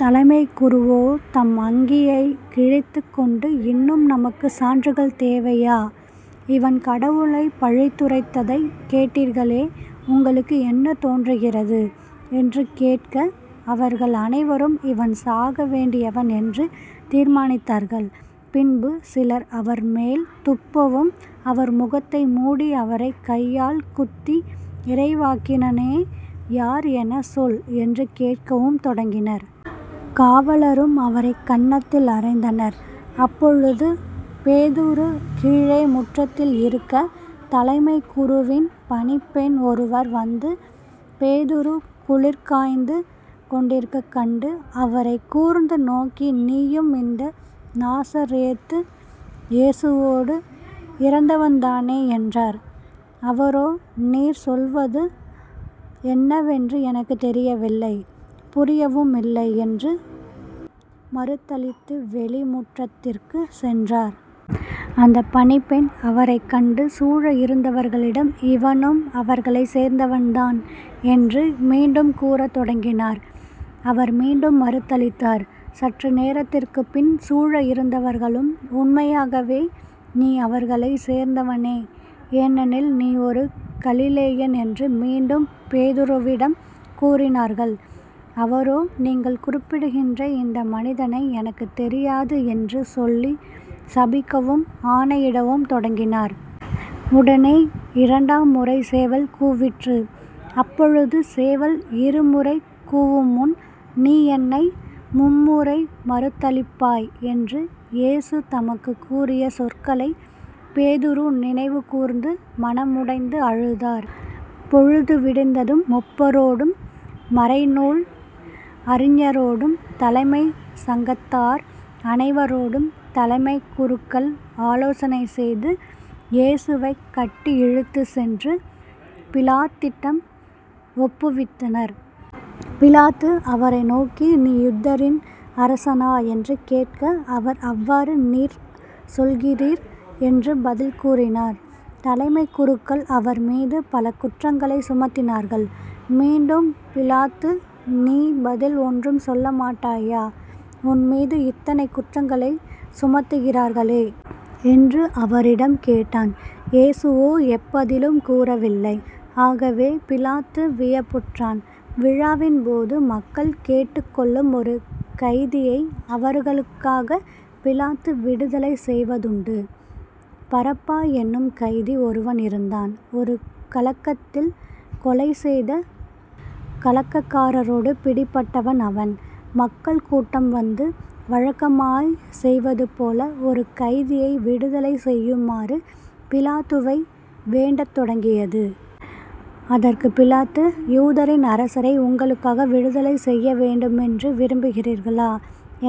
தலைமைக் குருவோ தம் அங்கியைக் கிழித்துக்கொண்டு இன்னும் நமக்குச் சான்றுகள் தேவையா? இவன் கடவுளைப் பழித்துரைத்ததைக் கேட்டீர்களே உங்களுக்கு என்ன தோன்றுகிறது? என்று கேட்க அவர்கள் அனைவரும் இவன் சாக வேண்டியவன் என்று தீர்மானித்தார்கள். பின்பு சிலர் அவர்மேல் துப்பவும் அவர் முகத்தை மூடி அவரைக் கையால் குத்தி இறைவாக்கினனே யார் எனச் சொல் என்று கேட்கவும் தொடங்கினர். காவலரும் அவரைக் கன்னத்தில் அறைந்தனர். அப்பொழுது பேதுரு கீழே முற்றத்தில் இருக்க தலைமைக் குருவின் பணிப் பெண் ஒருவர் வந்து பேதுரு குளிர்காய்ந்து கொண்டிருக்கக் கண்டு அவரைக் கூர்ந்து நோக்கி நீயும் இந்த நாசரேத்து இயேசுவோடு இருந்தவன்தானே என்றார். அவரோ நீர் சொல்வது என்னவென்று எனக்குத் தெரியவில்லை புரியவுமில்லை என்று மறுதலித்து வெளி முற்றத்திற்குச் சென்றார். அந்தப் பணிப்பெண் அவரைக் கண்டு சூழ இருந்தவர்களிடம் இவனும் அவர்களைச் சேர்ந்தவன்தான் என்று மீண்டும் கூறத் தொடங்கினார். அவர் மீண்டும் மறுதலித்தார். சற்று நேரத்திற்குப்பின் சூழ இருந்தவர்களும் உண்மையாகவே நீ அவர்களைச் சேர்ந்தவனே. ஏனெனில் நீ ஒரு கலிலேயன் என்று மீண்டும் பேதுருவிடம் கூறினார்கள். அவரோ நீங்கள் குறிப்பிடுகின்ற இந்த மனிதனை எனக்குத் தெரியாது என்று சொல்லிச் சபிக்கவும் ஆணையிடவும் தொடங்கினார். உடனே இரண்டாம் முறை சேவல் கூவிற்று. அப்பொழுது சேவல் இருமுறை கூவுமுன் நீ என்னை மும்முறை மறுதலிப்பாய் என்று இயேசு தமக்குக் கூறிய சொற்களைப் பேதுரு நினைவு கூர்ந்து மனம் உடைந்து அழுதார். பொழுது விடிந்ததும் முப்பரோடும் மறைநூல் அறிஞரோடும் தலைமைச் சங்கத்தார் அனைவரோடும் தலைமைக் குருக்கள் ஆலோசனை செய்து இயேசுவைக் கட்டி இழுத்துச் சென்று பிலாத்திடம் ஒப்புவித்தனர். பிலாத்து அவரை நோக்கி நீ யூதரின் அரசனா? என்று கேட்க அவர் அவ்வாறு நீர் சொல்கிறீர் என்று பதில் கூறினார். தலைமைக் குருக்கள் அவர்மீது பல குற்றங்களைச் சுமத்தினார்கள். மீண்டும் பிலாத்து நீ பதில் ஒன்றும் சொல்ல மாட்டாயா? உன் மீது இத்தனை குற்றங்களைச் சுமத்துகிறார்களே. என்று அவரிடம் கேட்டான். இயேசுவோ எப்பதிலும் கூறவில்லை. ஆகவே பிலாத்து வியப்புற்றான். விழாவின்போது மக்கள் கேட்டுக் கொள்ளும் ஒரு கைதியை அவர்களுக்காகப் பிலாத்து விடுதலை செய்வதுண்டு. பரப்பா என்னும் கைதி ஒருவன் இருந்தான். ஒரு கலகத்தில் கொலை செய்த கலகக்காரரோடு பிடிபட்டவன் அவன். மக்கள் கூட்டம் வந்து வழக்கமாய்ச் செய்வதுபோல ஒரு கைதியை விடுதலை செய்யுமாறு பிலாத்துவை வேண்டத் தொடங்கியது. அதற்குப் பிலாத்து யூதரின் அரசரை உங்களுக்காக விடுதலை செய்ய வேண்டுமென்று விரும்புகிறீர்களா?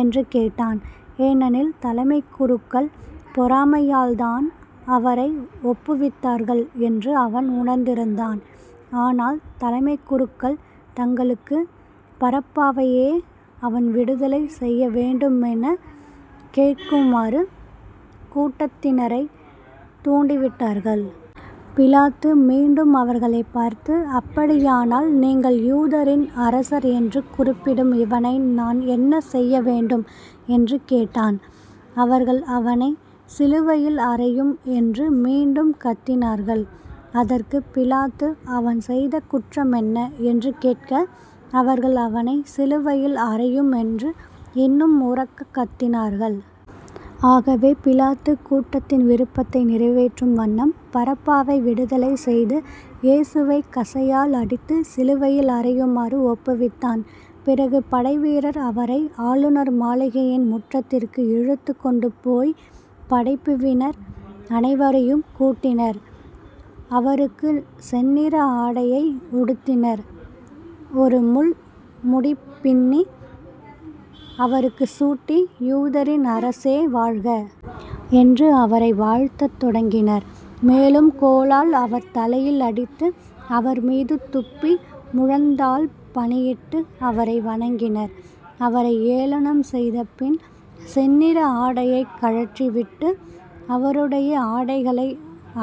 என்று கேட்டான். ஏனெனில் தலைமைக் குருக்கள் பொறாமையால்தான் அவரை ஒப்புவித்திருந்தார்கள் என்று அவன் உணர்ந்திருந்தான். ஆனால் தலைமைக் குருக்கள் தங்களுக்குப் பரபாவையே அவன் விடுதலை செய்ய வேண்டுமெனக் கேட்குமாறு கூட்டத்தினரைத் தூண்டிவிட்டார்கள். பிலாத்து மீண்டும் அவர்களைப் பார்த்து அப்படியானால் நீங்கள் யூதரின் அரசர் என்று குறிப்பிடும் இவனை நான் என்ன செய்ய வேண்டும்? என்று கேட்டான். அவர்கள் அவனைச் சிலுவையில் அறையும் என்று மீண்டும் கத்தினார்கள். அதற்குப் பிலாத்து இவன் செய்த குற்றம் என்ன? என்று கேட்க, அவர்கள் அவனைச் சிலுவையில் அறையும் என்று இன்னும் உரக்கக் கத்தினார்கள். ஆகவே பிலாத்து கூட்டத்தின் விருப்பத்தை நிறைவேற்றும் வண்ணம் பரபாவை விடுதலை செய்து இயேசுவைக் கசையால் அடித்து சிலுவையில் அறையுமாறு ஒப்புவித்தான். பிறகு படைவீரர் அவரை ஆளுநர் மாளிகையின் முற்றத்திற்கு இழுத்துக்கொண்டு போய்ப் படைப்பிவினர் அனைவரையும் கூட்டினர் அவருக்குச் செந்நிற ஆடையை உடுத்தினர் ஒரு முள் முடி பின்னி அவருக்குச் சூட்டி யூதரின் அரசே வாழ்க. என்று அவரை வாழ்த்தத் தொடங்கினர் மேலும் கோலால் அவர் தலையில் அடித்து. அவர்மீது துப்பி முழந்தாள்பணியிட்டு அவரை வணங்கினர். அவரை ஏளனம் செய்த பின் செந்நிற ஆடையைக் கழற்றி விட்டு அவருடைய ஆடைகளை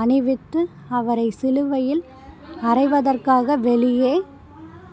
அணிவித்து அவரைச் சிலுவையில் அறைவதற்காக வெளியே